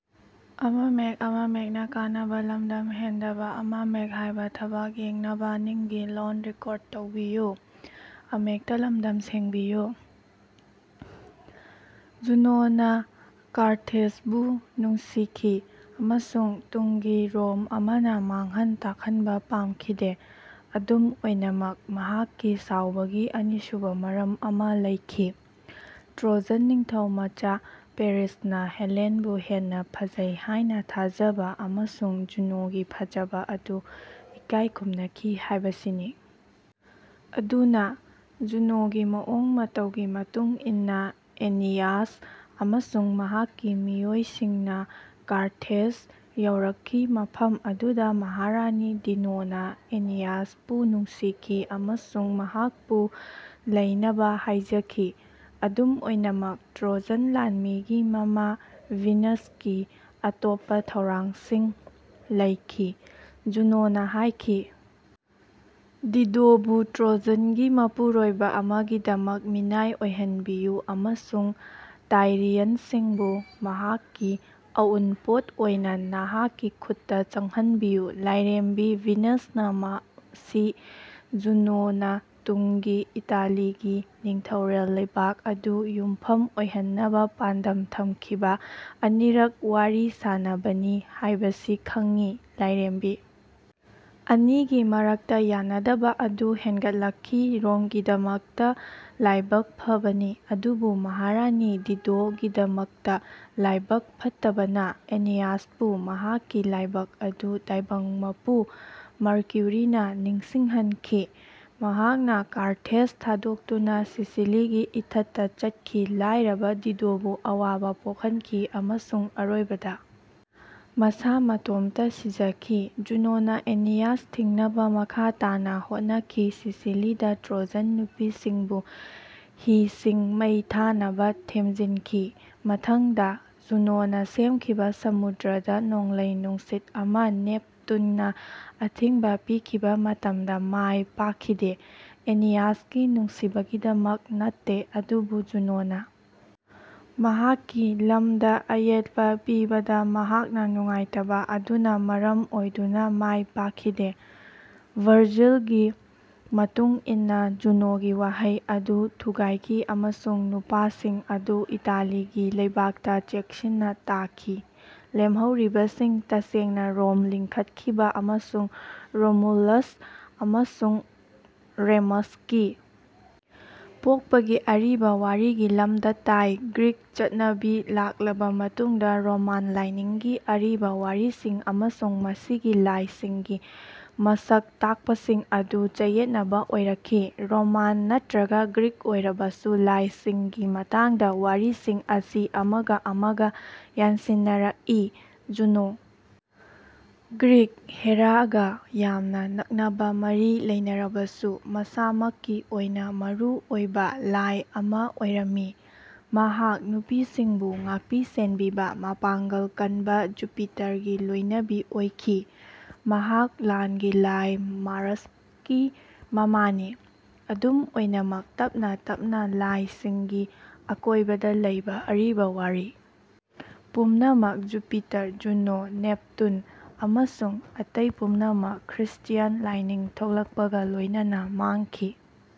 ꯖꯨꯅꯣꯅ ꯀꯥꯔꯊꯦꯖꯕꯨ ꯅꯨꯡꯁꯤꯈꯤ ꯑꯃꯁꯨꯡ ꯇꯨꯡꯒꯤ ꯔꯣꯝ ꯑꯃꯅ ꯃꯥꯡꯍꯟ ꯇꯥꯛꯍꯟꯕ ꯄꯥꯝꯈꯤꯗꯦ꯫ ꯑꯗꯨꯝ ꯑꯣꯏꯅꯃꯛ, ꯃꯍꯥꯛꯀꯤ ꯁꯥꯎꯕꯒꯤ ꯑꯅꯤꯁꯨꯕ ꯃꯔꯝ ꯑꯃ ꯂꯩꯈꯤ: ꯇ꯭ꯔꯣꯖꯟ ꯅꯤꯡꯊꯧꯃꯆꯥ ꯄꯦꯔꯤꯁꯅ ꯍꯦꯂꯦꯟꯕꯨ ꯍꯦꯟꯅ ꯐꯖꯩ ꯍꯥꯏꯅ ꯊꯥꯖꯕ, ꯑꯃꯁꯨꯡ ꯖꯨꯅꯣꯒꯤ ꯐꯖꯕ ꯑꯗꯨ ꯏꯀꯥꯏ ꯈꯨꯝꯅꯈꯤ ꯍꯥꯏꯕꯁꯤꯅꯤ꯫ ꯑꯗꯨꯅ, ꯖꯨꯅꯣꯒꯤ ꯃꯑꯣꯡ ꯃꯇꯧꯒꯤ ꯃꯇꯨꯡ ꯏꯟꯅ ꯑꯦꯅꯤꯌꯥꯁ ꯑꯃꯁꯨꯡ ꯃꯍꯥꯛꯀꯤ ꯃꯤꯑꯣꯏꯁꯤꯡꯅ ꯀꯥꯔꯊꯦꯖ ꯌꯧꯔꯛꯈꯤ ꯃꯐꯝ ꯑꯗꯨꯗ ꯃꯍꯥꯔꯥꯅꯤ ꯗꯤꯗꯣꯅ ꯑꯦꯅꯤꯌꯥꯁꯄꯨ ꯅꯨꯡꯁꯤꯈꯤ ꯑꯃꯁꯨꯡ ꯃꯍꯥꯛꯄꯨ ꯂꯩꯅꯕ ꯍꯥꯏꯖꯈꯤ꯫ ꯑꯗꯨꯝ ꯑꯣꯏꯅꯃꯛ, ꯇ꯭ꯔꯣꯖꯟ ꯂꯥꯟꯃꯤꯒꯤ ꯃꯃꯥ ꯚꯤꯅꯁꯀꯤ ꯑꯇꯣꯞꯄ ꯊꯧꯔꯥꯡꯁꯤꯡ ꯂꯩꯈꯤ꯫ ꯖꯨꯅꯣꯅ ꯍꯥꯏꯈꯤ, ꯗꯤꯗꯣꯕꯨ ꯇ꯭ꯔꯣꯖꯟꯒꯤ ꯃꯄꯨꯔꯣꯏꯕ ꯑꯃꯒꯤꯗꯃꯛ ꯃꯤꯅꯥꯏ ꯑꯣꯏꯍꯟꯕꯤꯌꯨ, ꯑꯃꯁꯨꯡ ꯇꯥꯏꯔꯤꯌꯟꯁꯤꯡꯕꯨ ꯃꯍꯥꯛꯀꯤ ꯑꯎꯟꯄꯣꯠ ꯑꯣꯏꯅ ꯅꯍꯥꯛꯀꯤ ꯈꯨꯠꯇ ꯆꯪꯍꯟꯕꯤꯌꯨ꯫ ꯂꯥꯏꯔꯦꯝꯕꯤ ꯚꯤꯅꯁꯅ ꯃꯁꯤ ꯖꯨꯅꯣꯅ ꯇꯨꯡꯒꯤ ꯏꯇꯥꯂꯤꯒꯤ ꯅꯤꯡꯊꯧꯔꯦꯜ ꯂꯩꯕꯥꯛ ꯑꯗꯨ ꯌꯨꯝꯐꯝ ꯑꯣꯏꯍꯟꯅꯕ ꯄꯥꯟꯗꯝ ꯊꯝꯈꯤꯕ ꯑꯅꯤꯔꯛ ꯋꯥꯔꯤ ꯁꯥꯅꯕꯅꯤ ꯍꯥꯏꯕꯁꯤ ꯈꯪꯉꯤ꯫ ꯂꯥꯏꯔꯦꯝꯕꯤ ꯑꯅꯤꯒꯤ ꯃꯔꯛꯇ ꯌꯥꯅꯗꯕ ꯑꯗꯨ ꯍꯦꯟꯒꯠꯂꯛꯈꯤ꯫ ꯔꯣꯝꯒꯤꯗꯃꯛꯇ ꯂꯥꯏꯕꯛ ꯐꯕꯅꯤ, ꯑꯗꯨꯕꯨ ꯃꯍꯥꯔꯥꯅꯤ ꯗꯤꯗꯣꯒꯤꯗꯃꯛꯇ ꯂꯥꯏꯕꯛ ꯐꯠꯇꯕꯅ, ꯑꯦꯅꯤꯌꯥꯁꯄꯨ ꯃꯍꯥꯛꯀꯤ ꯂꯥꯏꯕꯛ ꯑꯗꯨ ꯇꯥꯏꯕꯪ ꯃꯄꯨ ꯃꯔꯀ꯭ꯌꯨꯔꯤꯅ ꯅꯤꯡꯁꯤꯡꯍꯟꯈꯤ꯫ ꯃꯍꯥꯛꯅ ꯀꯥꯔꯊꯦꯖ ꯊꯥꯗꯣꯛꯇꯨꯅ ꯁꯤꯁꯤꯂꯤꯒꯤ ꯏꯊꯠꯇ ꯆꯠꯈꯤ, ꯂꯥꯏꯔꯕ ꯗꯤꯗꯣꯕꯨ ꯑꯋꯥꯕ ꯄꯣꯛꯍꯟꯈꯤ ꯑꯃꯁꯨꯡ ꯑꯔꯣꯏꯕꯗ ꯃꯁꯥ ꯃꯇꯣꯝꯇ ꯁꯤꯖꯈꯤ꯫ ꯖꯨꯅꯣꯅ ꯑꯦꯅꯤꯌꯥꯁ ꯊꯤꯡꯅꯕ ꯃꯈꯥ ꯇꯥꯅ ꯍꯣꯠꯅꯈꯤ ꯁꯤꯁꯤꯂꯤꯗ ꯇ꯭ꯔꯣꯖꯟ ꯅꯨꯄꯤꯁꯤꯡꯕꯨ ꯍꯤꯁꯤꯡ ꯃꯩ ꯊꯥꯅꯕ ꯊꯦꯝꯖꯤꯟꯈꯤ꯫ ꯃꯊꯪꯗ, ꯖꯨꯅꯣꯅ ꯁꯦꯝꯈꯤꯕ ꯁꯃꯨꯗ꯭ꯔꯗ ꯅꯣꯡꯂꯩ-ꯅꯨꯡꯁꯤꯠ ꯑꯃ ꯅꯦꯞꯇꯨꯟꯅ ꯑꯊꯤꯡꯕ ꯄꯤꯈꯤꯕ ꯃꯇꯝꯗ ꯃꯥꯏ ꯄꯥꯛꯈꯤꯗꯦ, ꯑꯦꯅꯤꯌꯥꯁꯀꯤ ꯅꯨꯡꯁꯤꯕꯒꯤꯗꯃꯛ ꯅꯠꯇꯦ, ꯑꯗꯨꯕꯨ ꯖꯨꯅꯣꯅ ꯃꯍꯥꯛꯀꯤ ꯂꯝꯗ ꯑꯌꯦꯠꯄ ꯄꯤꯕꯗ ꯃꯍꯥꯛꯅ ꯅꯨꯡꯉꯥꯏꯇꯕ ꯑꯗꯨꯅ ꯃꯔꯝ ꯑꯣꯏꯗꯨꯅ ꯃꯥꯏ ꯄꯥꯛꯈꯤꯗꯦ꯫ ꯚꯔꯖꯤꯜꯒꯤ ꯃꯇꯨꯡ ꯏꯟꯅ, ꯖꯨꯅꯣꯒꯤ ꯋꯥꯍꯩ ꯑꯗꯨ ꯊꯨꯒꯥꯏꯈꯤ ꯑꯃꯁꯨꯡ ꯅꯨꯄꯥꯁꯤꯡ ꯑꯗꯨ ꯏꯇꯥꯂꯤꯒꯤ ꯂꯩꯕꯥꯛꯇ ꯆꯦꯛꯁꯤꯟꯅ ꯇꯥꯈꯤ꯫ ꯂꯦꯝꯍꯧꯔꯤꯕꯁꯤꯡ, ꯇꯁꯦꯡꯅ ꯔꯣꯝ ꯂꯤꯡꯈꯠꯈꯤꯕ ꯑꯃꯁꯨꯡ ꯔꯣꯃꯨꯂꯁ ꯑꯃꯁꯨꯡ ꯔꯦꯃꯁꯀꯤ ꯄꯣꯛꯄꯒꯤ ꯑꯔꯤꯕ ꯋꯥꯔꯤꯒꯤ ꯂꯝꯗ ꯇꯥꯏ꯫ ꯒ꯭ꯔꯤꯛ ꯆꯠꯅꯕꯤ ꯂꯥꯛꯂꯕ ꯃꯇꯨꯡꯗ ꯔꯣꯃꯥꯟ ꯂꯥꯏꯅꯤꯡꯒꯤ ꯑꯔꯤꯕ ꯋꯥꯔꯤꯁꯤꯡ ꯑꯃꯁꯨꯡ ꯃꯁꯤꯒꯤ ꯂꯥꯏꯁꯤꯡꯒꯤ ꯃꯁꯛ ꯇꯥꯛꯄꯁꯤꯡ ꯑꯗꯨ ꯆꯌꯦꯠꯅꯕ ꯑꯣꯏꯔꯛꯈꯤ꯫ ꯔꯣꯃꯥꯟ ꯅꯠꯇ꯭ꯔꯒ ꯒ꯭ꯔꯤꯛ ꯑꯣꯏꯔꯕꯁꯨ ꯂꯥꯏꯁꯤꯡꯒꯤ ꯃꯇꯥꯡꯗ ꯋꯥꯔꯤꯁꯤꯡ ꯑꯁꯤ ꯑꯃꯒ ꯑꯃꯒ ꯌꯥꯟꯁꯤꯟꯅꯔꯛꯏ꯫ ꯖꯨꯅꯣ, ꯒ꯭ꯔꯤꯛ ꯍꯦꯔꯥꯒ ꯌꯥꯝꯅ ꯅꯛꯅꯕ ꯃꯔꯤ ꯂꯩꯅꯔꯕꯁꯨ, ꯃꯁꯥꯃꯛꯀꯤ ꯑꯣꯏꯅ, ꯃꯔꯨꯑꯣꯏꯕ ꯂꯥꯏ ꯑꯃ ꯑꯣꯏꯔꯝꯃꯤ꯫ ꯃꯍꯥꯛ ꯅꯨꯄꯤꯁꯤꯡꯕꯨ ꯉꯥꯛꯄꯤ-ꯁꯦꯟꯕꯤꯕ, ꯃꯄꯥꯡꯒꯜ ꯀꯟꯕ ꯖꯨꯄꯤꯇꯔꯒꯤ ꯂꯣꯏꯅꯕꯤ ꯑꯣꯏꯈꯤ꯫ ꯃꯍꯥꯛ ꯂꯥꯟꯒꯤ ꯂꯥꯏ ꯃꯥꯔꯁꯀꯤ ꯃꯃꯥꯅꯤ꯫ ꯑꯗꯨꯝ ꯑꯣꯏꯅꯃꯛ, ꯇꯞꯅ-ꯇꯞꯅ, ꯂꯥꯏꯁꯤꯡꯒꯤ ꯑꯀꯣꯏꯕꯗ ꯂꯩꯕ ꯑꯔꯤꯕ ꯋꯥꯔꯤ ꯄꯨꯝꯅꯃꯛ ꯖꯨꯄꯤꯇꯔ, ꯖꯨꯅꯣ, ꯅꯦꯞꯇꯨꯟ ꯑꯃꯁꯨꯡ ꯑꯇꯩ ꯄꯨꯝꯅꯃꯛ ꯈ꯭ꯔꯤꯁꯇ꯭ꯌꯥꯟ ꯂꯥꯏꯅꯤꯡ ꯊꯣꯛꯂꯛꯄꯒ ꯂꯣꯏꯅꯅ ꯃꯥꯡꯈꯤ꯫